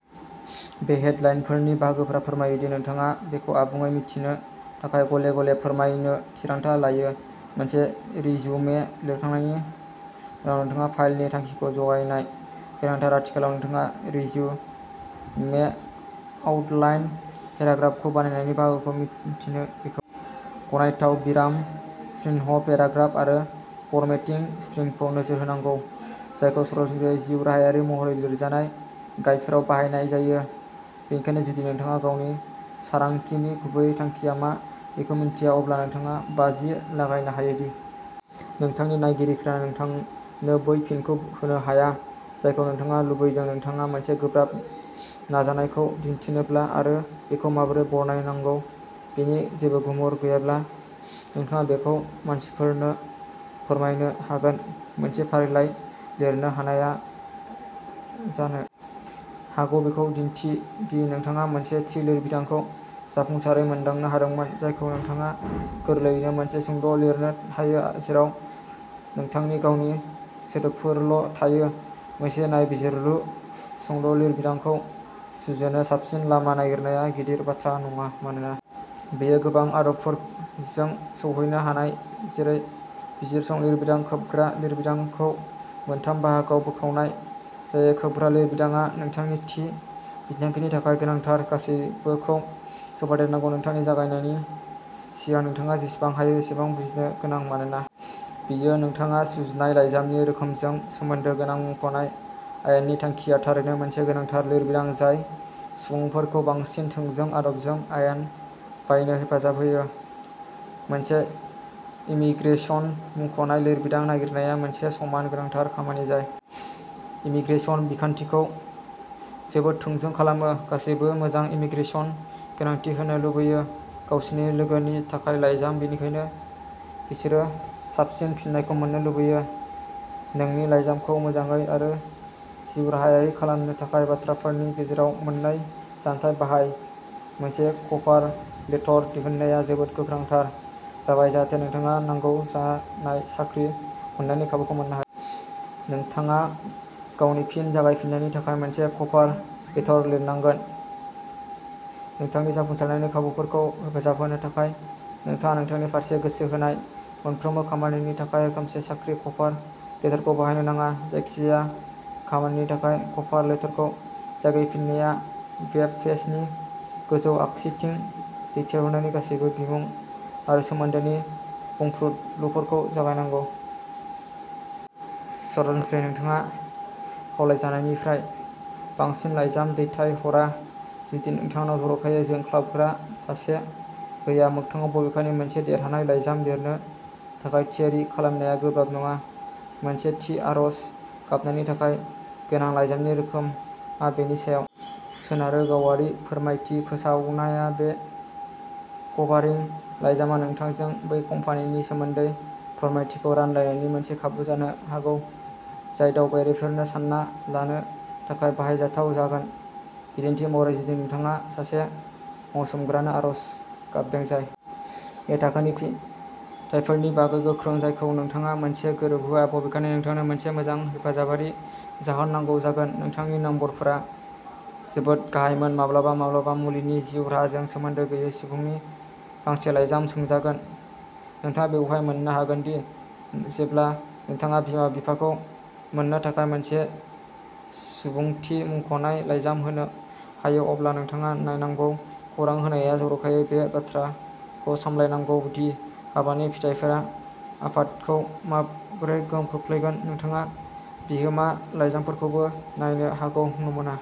बे हेडलाइनफोरनि बाहागोफोरा फोरमायो दि नोंथाङा बेखौ आबुङै मिथिनो थाखाय गले गले फोरमायनो थिरांथा लायो मोनसे रिज्यूमे लिरखांनायनि उनाव नोंथाङा फाइलनि थांखिखौ जगायनाय गोनांथार आथिखालाव नोंथाङा रिज्यूमे आउटलाइन पेराग्राफखौ बानायनायनि बाहागोखौ मिथिनो बेखौ गनायथाव विराम चिह्न पेराग्राफ आरो फरमेटिं स्ट्रिमखौ नोजोर होनांगौ जायखौ सरासनस्रायै जिउराहायारि महरै लिरजानाय गाइडफोराव बाहायनाय जायो बेनिखायनो जुदि नोंथाङा गावनि सारांखिनि गुबै थांखिया मा बेखौ मिन्थिया अब्ला नोंथाङा बाजि लागायनो हायो दि नोंथांनि नायगिरिफोरा नोंथांनो बै फिनखौ होनो हाया जायखौ नोंथाङा लुबैदों नोंथाङा मोनसे गोब्राब नाजानायखौ दिन्थिनोब्ला आरो बेखौ माबोरै बरनायनांगौ बेनि जेबो गुमुर गैयाब्ला नोंथाङा बेखौ मानसिफोरनो फोरमायनो हागोन मोनसे फारिलाइ लिरनो हानायआ जानो हागौ बेखौ दिन्थि दि नोंथाङा मोनसे थि लिरबिदांखौ जाफुंसारै मोनदांनो हादोंमोन जायखौ नोंथाङा गोरलैयैनो मोनसे सुंद' लिरनो हायो जेराव नोंथांनि गावनि सोदोबफोरल'थायो मोनसे नायबिजिरलु सुंद'लिरबिदांखौ सुजुनो साबसिन लामा नागिरनाया गिदिर बाथ्रा नङा मानोना बेयो गोबां आदबफोरजों सौहैनो हाया जेरै बिजिरसं लिरबिदां खोबग्रा लिरबिदांखौ मोनथाम बाहागोआव बोखावनाय जायो खोबग्रा लिरबिदांआ नोंथांनि थि बिथांखिनि थाखाय गोनांथार गासैबोखौ सोफादेरनांगौ नोंथाङा जागायनायनि सिगां नोंथाङा जेसेबां हायो एसेबां बुजिनो गोनां मानोना बेयो नोंथाङा सुजुनाय लाइजामनि रोखोमजों सोमोन्दो गोनां मुंख'नाय आयेननि थांखिआ थारैनो मोनसे गोनांथार लिरबिदां जाय सुबुंफोरखौ बांसिन थोंजों आदबजों आयेन बायनो हेफाजाब होयो मोनसे इमीग्रेसन मुंख'नाय लिरबिदां नागिरनाया मोनसे समान गोनांथार खामानि जाय इमीग्रेसन बिखान्थिखौ जोबोद थोंजों खालामो गासैबो मोजां इमीग्रेसन गोनांथि होनो लुबैयो गावसोरनि लोगोनि थाखाय लाइजाम बेनिखायनो बिसोरो साबसिन फिननायखौ मोन्नो लुबैयो नोंनि लाइजामखौ मोजाङै आरो जिउराहायारि खालामनो थाखाय बाथ्राफोरनि गेजेराव मोननै जानथाय बाहाय मोनसे कभारलेटर दिहुननाया जोबोद गोनांथार जाबाय जाहाथे नोंथाङा नांगौ जानाय साख्रि मोन्नायनि खाबुखौ मोननो हायो। नोंथाङा गावनि फिन जागायफिन्नायनि थाखाय मोनसे कभार लेटर लिरनांगोन। नोंथांनि जाफुंसारनायनि खाबुफोरखौ हेफाजाब होनो थाखाय, नोंथाङा नोंथांनि फारसे गोसो होनाय मोनफ्रोमबो खामानिनि थाखाय रोखोमसे साख्रि कभार लेटरखौ बाहायनो नाङा। जायखिजाया खामानिनि थाखाय कभार लेटरखौ जागायफिननाया वेबपेजनि गोजौ आगसिथिं दैथायहरग्रानि गासैबो बिमुं आरो सोमोन्दोनि बुंफ्रुदलुफोरजों जागायनांगौ। सरासनस्रायै नोंथाङा खावलायजानायनिफ्राय बांसिन लाइजाम दैथायहरा जुदि नोंथांनाव जर'खायै जोंख्लाबग्रा सासे गैया मोगथाङाव बबेखानि मोनसे देरहानाय लाइजाम लिरनो थाखाय थियारि खालामनाया गोब्राब नङा। मोनसे थि आर'ज गाबनायनि थाखाय गोनां लाइजामनि रोखोमआ बेनि सायाव सोनारो गावारि फोरमायथि फोसावनाया बे कभारिं लाइजामआ नोंथांजों बै कम्पानिनि सोमोन्दै फोरमायथिखौ रानलायनायनि मोनसे खाबु जानो हागौ जाय दावबायारिफोरनो सानना लानो थाखाय बाहायजाथाव जागोन बिदिन्थि महरै जुदि नोंथाङा सासे मावसोमग्रानो आर'ज गाबदों जाय ए-थाखोनि फिथायफोरनि बागै गोख्रों जायखौ नोंथाङा मोजाङै गोरोबहोआ बबेखानि नोंथांनो मोनसे मोजां हेफाजाबारि जाहोन नांगौ जागोन नोंथांनि नम्बरफोरा जोबोद गाहायमोन माब्लाबा माब्लाबा मुलिनि जिउ राहाजों सोमोन्दो गैयै सुबुंनि गांसे लाइजाम सोंजागोन नोंथाङा बेवहाय मोननो हागोन दि जेब्ला नोंथाङा बिमा बिफाखौ मोननो थाखाय मोनसे सुबुंथि मुंख'नाय लाइजाम होनो हायो अब्ला नोंथाङा नायनांगौ खौरां होनाया जर'खायै बे बाथ्राखौ सामलायनांगौ दि हाबानि फिथायफोरा आफादखौ माबोरै गोहोम खोख्लैगोन नोंथाङा बिहोमा लाइजामफोरखौबो नायनो हागौ नमुना।